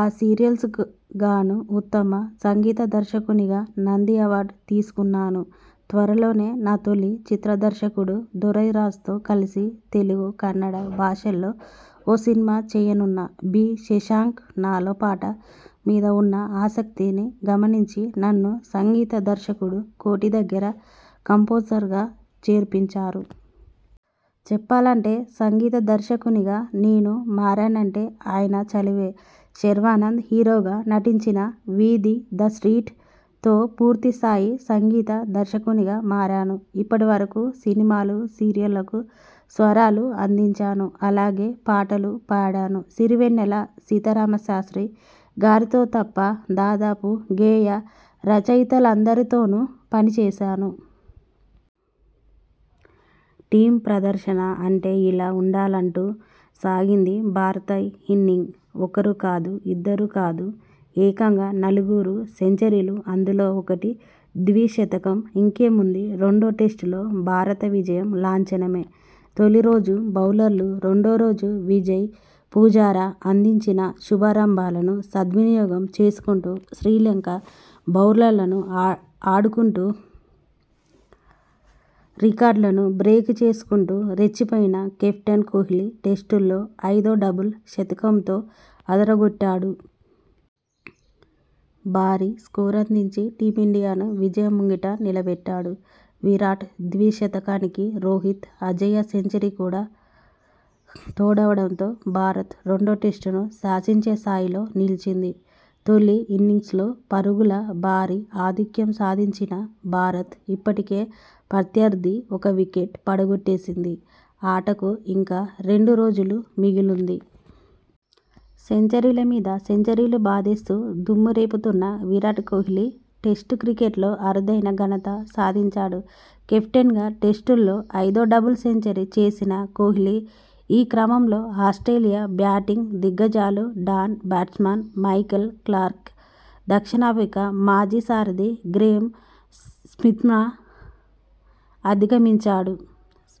ఆ సీరియల్కు గానూ ఉత్తమ సంగీత దర్శకునిగా 'నంది' అవార్డు తీసుకున్నాను. త్వరలోనే నా తొలి చిత్ర దర్శకుడు దొరైరాజ్తో కలిసి తెలుగు, కన్నడ భాషల్లో ఓ సినిమా చేయనున్నా. బి. శశాంక్ నాలో పాట మీద ఉన్న ఆసక్తిని గమనించి, నన్ను సంగీత దర్శకుడు కోటి దగ్గర కంపోజర్గా చేర్పించారు. చెప్పాలంటే, సంగీత దర్శకునిగా నేను మారానంటే ఆయన చలవే. శర్వానంద్ హీరోగా నటించిన 'వీధి ద స్ట్రీట్'తో పూర్తిస్థాయి సంగీత దర్శకునిగా మారాను. ఇప్పటివరకూ సినిమాలు, సీరియళ్లకు స్వరాలు అందించాను. అలాగే పాటలు పాడాను. 'సిరివెన్నెల' సీతారామశాస్త్రి గారితో తప్ప దాదాపు గేయ రచయితలందరితోనూ పని చేశాను. టీమ్ ప్రదర్శన అంటే ఇలా ఉండాలన్నట్టు సాగింది భారత ఇన్నింగ్స్! ఒకరు కాదు ఇద్దరు కాదు ఏకంగా నలుగురు సెంచరీలు అందులో ఒకటి ద్విశతకం ఇంకేముంది రెండో టెస్టులో భారత విజయం లాంఛనమే! తొలిరోజు బౌలర్లు రెండోరోజు విజయ్, పుజారా అందించిన శుభారంభాలను సద్వినియోగం చేసుకుంటూ శ్రీలంక బౌలర్లను ఆటాడుకుంటూ రికార్డులను బ్రేక్ చేసుకుంటూ రెచ్చిపోయిన కెప్టెన్ కోహ్లీ టెస్టుల్లో ఐదో డబుల్ శతకంతో అదరగొట్టాడు! భారీ స్కోరందించి టీమిండియాను విజయం ముంగిట నిలబెట్టాడు! విరాట్ ద్విశతకానికి రోహిత్ అజేయ సెంచరీకూడా తోడవడంతో భారత్ రెండో టెస్టును శాసించే స్థాయిలో నిలిచింది! తొలి ఇన్నింగ్స్లో పరుగుల భారీ ఆధిక్యం సాధించిన భారత్ ఇప్పటికే ప్రత్యర్థిది ఒక వికెట్ పడగొట్టేసింది. ఆటకు ఇంకా రెండు రోజులు మిగిలుంది. సెంచరీలమీద సెంచరీలు బాదేస్తూ దుమ్మురే పుతున్న విరాట్ కోహ్లీ టెస్టు క్రికెట్లో అరుదైన ఘనత సాధించాడు. కెప్టెన్గా టెస్టుల్లో ఐదో డబుల్ సెంచ రీ చేసిన కోహ్లీ ఈ క్రమంలో ఆస్ర్టేలియా బ్యాటింగ్ దిగ్గజాలు Don Bradman, Michael Clarke, దక్షిణాఫ్రికా మాజీ సారథి గ్రేమ్ స్మిత్ను అధిగమించాడు.